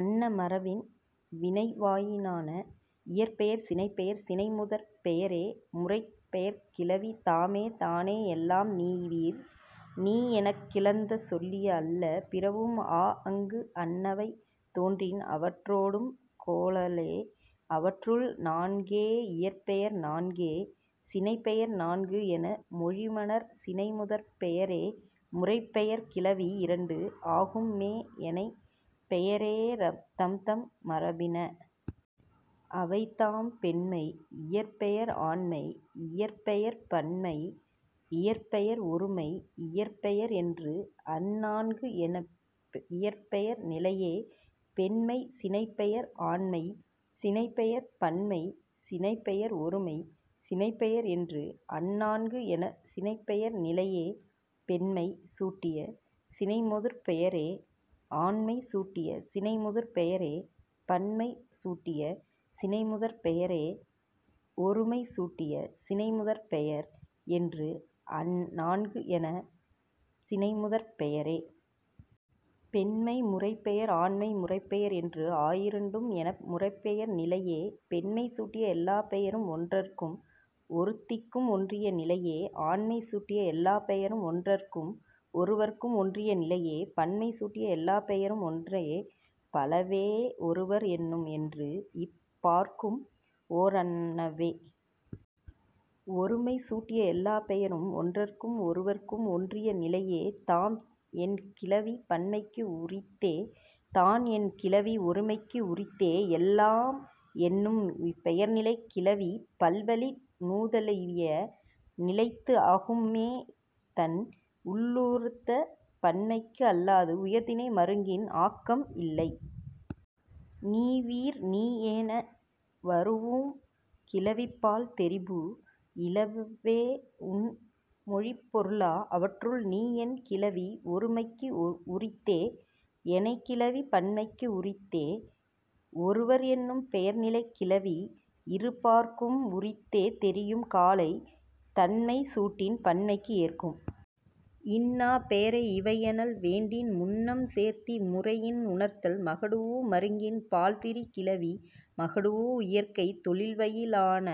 அன்ன மரபின் வினைவயினான. இயற்பெயர் சினைப்பெயர் சினைமுதற்பெயரே முறைப்பெயர்க் கிளவி தாமே தானே எல்லாம் நீயிர் நீ எனக் கிளந்து சொல்லிய அல்ல பிறவும் ஆஅங்கு அன்னவை தோன்றின் அவற்றொடும் கொளலே. அவற்றுள், நான்கே இயற்பெயர் நான்கே சினைப்பெயர் நான்கு என மொழிமனார் சினைமுதற்பெயரே முறைப்பெயர்க் கிளவி இரண்டு ஆகும்மே ஏனைப் பெயரே தம்தம் மரபின. அவைதாம், பெண்மை இயற்பெயர் ஆண்மை இயற்பெயர் பன்மை இயற்பெயர் ஒருமை இயற்பெயர் என்று அந் நான்கு என்ப இயற்பெயர் நிலையே. பெண்மைச் சினைப்பெயர் ஆண்மைச் சினைப்பெயர் பன்மைச் சினைப்பெயர் ஒருமைச் சினைப்பெயர் என்று அந் நான்கு என்ப சினைப்பெயர் நிலையே. பெண்மை சுட்டிய சினைமுதற்பெயரே ஆண்மை சுட்டிய சினைமுதற்பெயரே பன்மை சுட்டிய சினைமுதற்பெயரே ஒருமை சுட்டிய சினைமுதற்பெயர் என்று அந் நான்கு என்ப சினைமுதற்பெயரே. பெண்மை முறைப்பெயர் ஆண்மை முறைப்பெயர் என்று ஆயிரண்டு என்ப முறைப்பெயர் நிலையே. பெண்மை சுட்டிய எல்லாப் பெயரும் ஒன்றற்கும் ஒருத்திக்கும் ஒன்றிய நிலையே. ஆண்மை சுட்டிய எல்லாப் பெயரும் ஒன்றற்கும் ஒருவற்கும் ஒன்றிய நிலையே. பன்மை சுட்டிய எல்லாப் பெயரும் ஒன்றே பலவே ஒருவர் என்னும் என்று இப் பாற்கும் ஓரன்னவ்வே. ஒருமை சூட்டிய எல்லாப் பெயரும் ஒன்றற்கும் ஒருவர்க்கும் ஒன்றிய நிலையே. தாம் என் கிளவி பன்மைக்கு உரித்தே. தான் என் கிளவி ஒருமைக்கு உரித்தே. எல்லாம் என்னும் பெயர்நிலைக் கிளவி பல்வழி நுதலிய நிலைத்து ஆகும்மே தன் உள்ளுறுத்த பன்மைக்கு அல்லது உயர்திணை மருங்கின் ஆக்கம் இல்லை. நீயிர் நீ என வரூஉம் கிளவி பால் தெரிபு இலவே உடன் மொழிப் பொருள. அவற்றுள், நீ என் கிளவி ஒருமைக்கு உரித்தே. ஏனைக் கிளவி பன்மைக்கு உரித்தே. ஒருவர் என்னும் பெயர்நிலைக் கிளவி இரு பாற்கும் உரித்தே தெரியும் காலை. தன்மை சுட்டின் பன்மைக்கு ஏற்கும். இன்னா பெயரே இவை எனல் வேண்டின் முன்னம் சேர்த்தி முறையின் உணர்தல். மகடூஉ மருங்கின் பால் திரி கிளவி மகடூஉ இயற்கை தொழில்வயினான.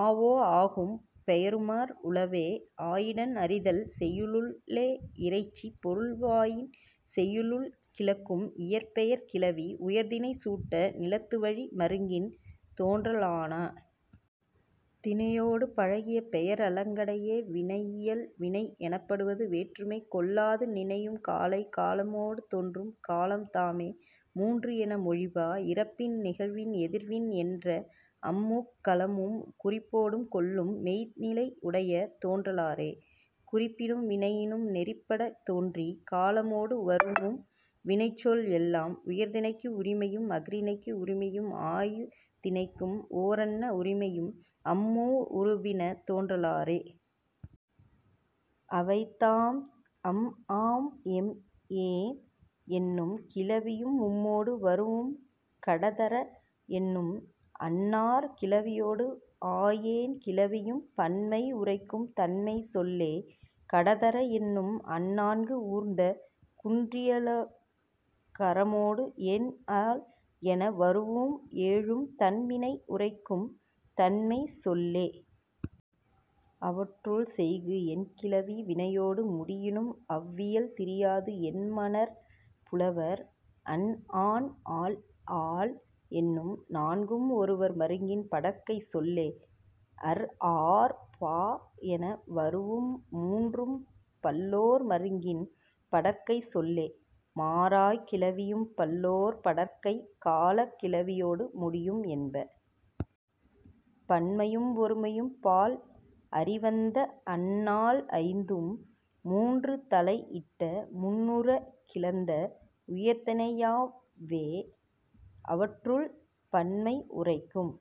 ஆ ஓ ஆகும் பெயருமார் உளவே ஆயிடன் அறிதல் செய்யுளுள்ளே. இறைச்சிப் பொருள்வயின் செய்யுளுள் கிளக்கும் இயற்பெயர்க் கிளவி உயர்திணை சுட்டா நிலத்துவழி மருங்கின் தோன்றலான. திணையொடு பழகிய பெயர் அலங்கடையே. வினையியல் வினை எனப்படுவது வேற்றுமை கொள்ளாது நினையும் காலை காலமொடு தோன்றும். காலம்தாமே மூன்று என மொழிப. இறப்பின் நிகழ்வின் எதிர்வின் என்றா அம் முக் காலமும் குறிப்பொடும் கொள்ளும் மெய்ந் நிலை உடைய தோன்றலாறே. குறிப்பினும் வினையினும் நெறிப்படத் தோன்றிக் காலமொடு வரூஉம் வினைச்சொல் எல்லாம் உயர்திணைக்கு உரிமையும் அஃறிணைக்கு உரிமையும் ஆயிரு திணைக்கும் ஓரன்ன உரிமையும் அம் மூ உருபின தோன்றலாறே. அவைதாம், அம் ஆம் எம் ஏம் என்னும் கிளவியும் உம்மொடு வரூஉம் க ட த ற என்னும் அந் நாற் கிளவியொடு ஆயெண் கிளவியும் பன்மை உரைக்கும் தன்மைச் சொல்லே. க ட த ற என்னும் அந் நான்கு ஊர்ந்த குன்றியலுகரமொடு ஏன் அல் என வரூஉம் ஏழும் தன் வினை உரைக்கும் தன்மைச் சொல்லே. அவற்றுள் செய்கு என் கிளவி வினையொடு முடியினும் அவ் இயல் திரியாது என்மனார் புலவர். அன் ஆன் அள் ஆள் என்னும் நான்கும் ஒருவர் மருங்கின் படர்க்கைச் சொல்லே. அர் ஆர் ப என வரூஉம் மூன்றும் பல்லோர் மருங்கின் படர்க்கைச் சொல்லே. மாரைக் கிளவியும் பல்லோர் படர்க்கை காலக் கிளவியொடு முடியும் என்ப. பன்மையும் ஒருமையும் பால் அறி வந்த அந் நால் ஐந்தும் மூன்று தலை இட்ட முன்னுறக் கிளந்த உயர்திணையவ்வே. அவற்றுள் பன்மை உரைக்கும்